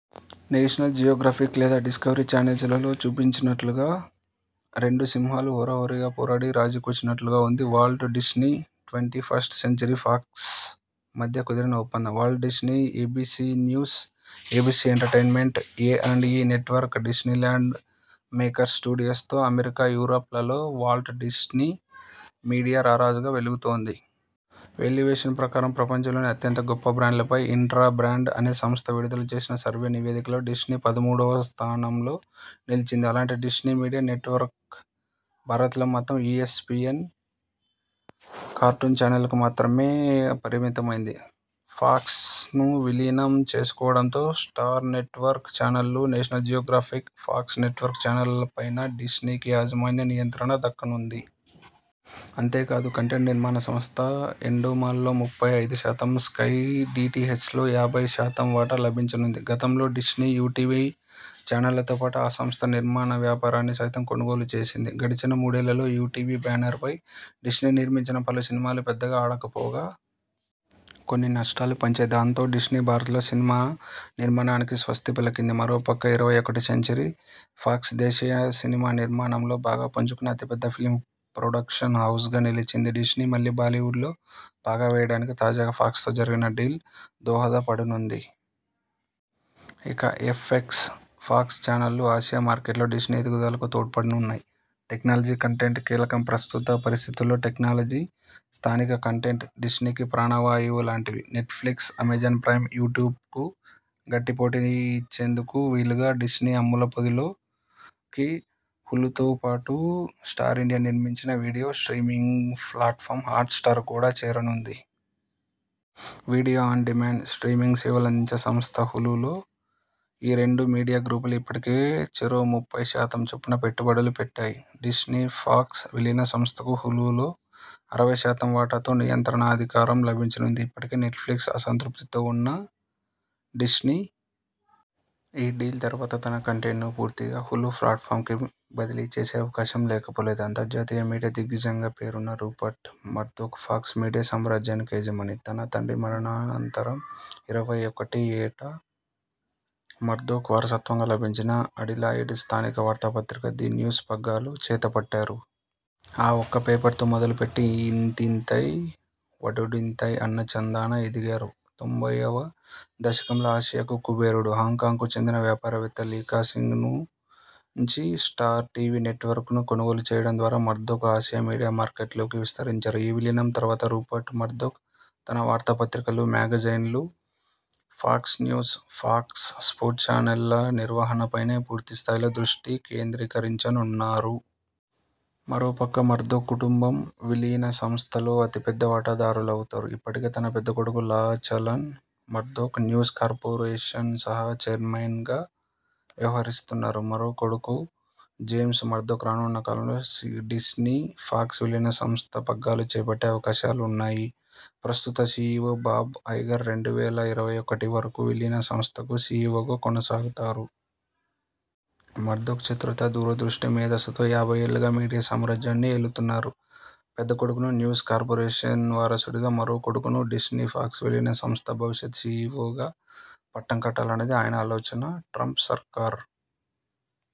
National Geographic లేదా Discovery channels లో చూపించినట్లుగా రెండు సింహాలు హోరాహోరీగా పోరాడి రాజీకొచ్చినట్లుగా ఉంది Walt Disney- twenty first Century Fox మధ్య కుదిరిన ఒప్పందం. Walt Disney, ABC News, ABC Entertainment, A and E network, Disneyland, Maker Studios తో అమెరికా, యూర్పలలో వాల్ట్ డిస్నీ మీడియా రారాజుగా వెలుగుతోంది. వేల్యువేషన్ ప్రకారం.. ప్రపంచంలోని అత్యంత గొప్ప బ్రాండ్లపై ఇంట్రా బ్రాండ్ అనే సంస్థ విడుదల చేసిన సర్వే నివేదికలో డిస్నీ పదమూడువ స్థానంలో నిలిచింది. అలాంటి డిస్నీ మీడియా నెట్వర్క్ భారత్లో మాత్రం ఈన్పిఎస్, కార్టూన్ చానెళ్లకు మాత్రమే పరిమితమైంది. ఫాక్స్ను విలీనం చేసుకోడంతో స్టార్ నెట్వర్క్ చానళ్లు, నేషనల్ జియోగ్రాఫిక్, ఫాక్స్ నెట్వర్క్ చానళ్లపైనా డిస్నీకి యాజమాన్య నియంత్రణ దక్కనుంది. అంతేకాదు కంటెంట్ నిర్మాణ సంస్థ ఎండోమాల్లో ముప్పై ఐదు శాతం, స్కై డిటిహెచ్ లో యాభై శాతం వాటా లభించనుంది. గతంలో డిస్నీ.. యుటీవీ చానెళ్లతో పాటు ఆ సంస్థ సినిమా నిర్మాణ వ్యాపారాన్ని సైతం కొనుగోలుచేసింది. గడిచిన మూడేళ్లలో యుటీవీ బ్యానర్ పై డిస్నీ నిర్మించిన పలు సినిమాలు పెద్దగా ఆడకపోగా.. కొన్ని నష్టాలు పంచాయి. దాంతో డిస్నీ భారత్లో సినిమా నిర్మాణానికి స్వస్తి పలికింది. మరో పక్క ఇరవై ఒకటి సెంచరీ ఫాక్స్ దేశీయ సినిమా నిర్మాణంలో బాగా పుంజుకొని అతి పెద్ద ఫిల్మ్ ప్రొడక్షన్ హౌజ్గా నిలిచింది. డిస్నీ మళ్లీ బాలీవుడ్లో పాగా వేయడానికి తాజాగా ఫాక్స్ తో జరిగిన డీల్ దోహద పడనుంది. ఇక ఎఫ్ఎక్స్, ఫాక్స్ చానళ్లు ఆసియా మార్కెట్లో డిస్నీ ఎదుగుదలకు తోడ్పడనున్నాయి. టెక్నాలజీ కంటెంట్ కీలకం ప్రస్తుత పరిస్థితుల్లో టెక్నాలజీ, స్థానిక కంటెంట్ డిస్నీకి ప్రాణ వాయువు లాంటివి. నెట్ ఫ్లిక్స్, అమెజాన్ ప్రైమ్, యూట్యూబ్కు గట్టి పోటీనిచ్చేందుకు వీలుగా డిస్నీ అమ్ముల పొదిలోకి హులుతో పాటు స్టార్ ఇండియా నిర్మించిన వీడియో స్ట్రీమింగ్ ప్లాట్ఫాం 'హాట్స్టార్' కూడా చేరనుంది. వీడియో ఆన్ డిమాండ్, స్ట్రీమింగ్ సేవలందించే సంస్థ హులులో ఈ రెండు మీడియా గ్రూపులు ఇప్పటికే చెరో ముప్పై శాతం చొప్పున పెట్టుబడులు పెట్టాయి. డిస్నీ-ఫాక్స్ విలీన సంస్థకు హులులో అరవై శాతం వాటాతో నియంత్రణాధికారం లభించనుంది. ఇప్పటికే నెట్ ఫ్లిక్స్ అసంతృప్తితో ఉన్న డిస్నీ.. ఈ డీల్ తర్వాత తన కంటెంట్ను పూర్తిగా హులు ప్లాట్ఫాంకి బదిలీ చేసే అవకాశం లేకపోలేదు. అంతర్జాతీయ మీడియా దిగ్గజంగా పేరున్న రూపర్ట్ మర్దోక్ ఫాక్స్ మీడియా సామ్రాజ్యానికి యజమాని. తన తండ్రి మరణాంతరం ఇరవై ఒకటి ఏట మర్దోక్.. వారసత్వంగా లభించిన అడిలాయిడ్ స్థానిక వార్తా పత్రిక 'ది న్యూస్' పగ్గాలు చేతపట్టారు. ఆ ఒక్క పేపర్తో మొదలుపెట్టి ఇంతింతై వటుడింతై అన్న చందాన ఎదిగారు. తొంభైవ దశకంలో ఆసియాకు కుబేరుడు, హాంకాంగ్కు చెందిన వ్యాపారవేత్త లీకా సింగ్ను నుంచి స్టార్ టీవీ నెట్వర్క్ ను కొనుగోలు చేయడం ద్వారా మర్దోక్ ఆసియా మీడియా మార్కెట్లోకి విస్తరించారు. ఈ విలీనం తర్వాత రూపర్ట్ మర్దోక్ తన వార్తా పత్రికలు, మ్యాగజైన్లు, ఫాక్స్ న్యూస్, ఫాక్స్ స్పోర్ట్స్ ఛానెళ్ల నిర్వహణపైనే పూర్తి స్థాయిలో దృష్టి కేంద్రీకరించనున్నారు. మరోపక్క మర్దోక్ కుటుంబం విలీన సంస్థలో అతిపెద్ద వాటాదారులవుతారు. ఇప్పటికే తన పెద్ద కొడుకు లాచలన్ మర్దోక్.. న్యూస్ కార్పొరేషన్ సహ చైర్మన్గా వ్యవహరిస్తున్నారు. మరో కొడుకు జేమ్స్ మర్దోక్ రానున్నకాలంలో డిస్నీ-ఫాక్స్ విలీన సంస్థ పగ్గాలు చేపట్టే అవకాశాలున్నాయి. ప్రస్తుత సి ఇ ఒ బాబ్ ఐగర్ రెండు వేల ఇరవై ఒకటివరకు విలీన సంస్థకు సి ఇ ఒ గా కొనసాగుతారు. మర్దోక్ చతురత, దూరదృష్టి, మేధస్సుతో యాభై ఏళ్లుగా మీడియా సామ్రాజ్యాన్ని ఏలుతున్నారు. పెద్ద కొడుకును న్యూస్ కార్పొరేషన్ వారసుడిగా, మరో కొడుకును డిస్నీ-ఫాక్స్ విలీన సంస్థ భవిష్యత్ సి ఇ ఒ గా పట్టం కట్టాలన్నది ఆయన ఆలోచన. ట్రంప్ సర్కారు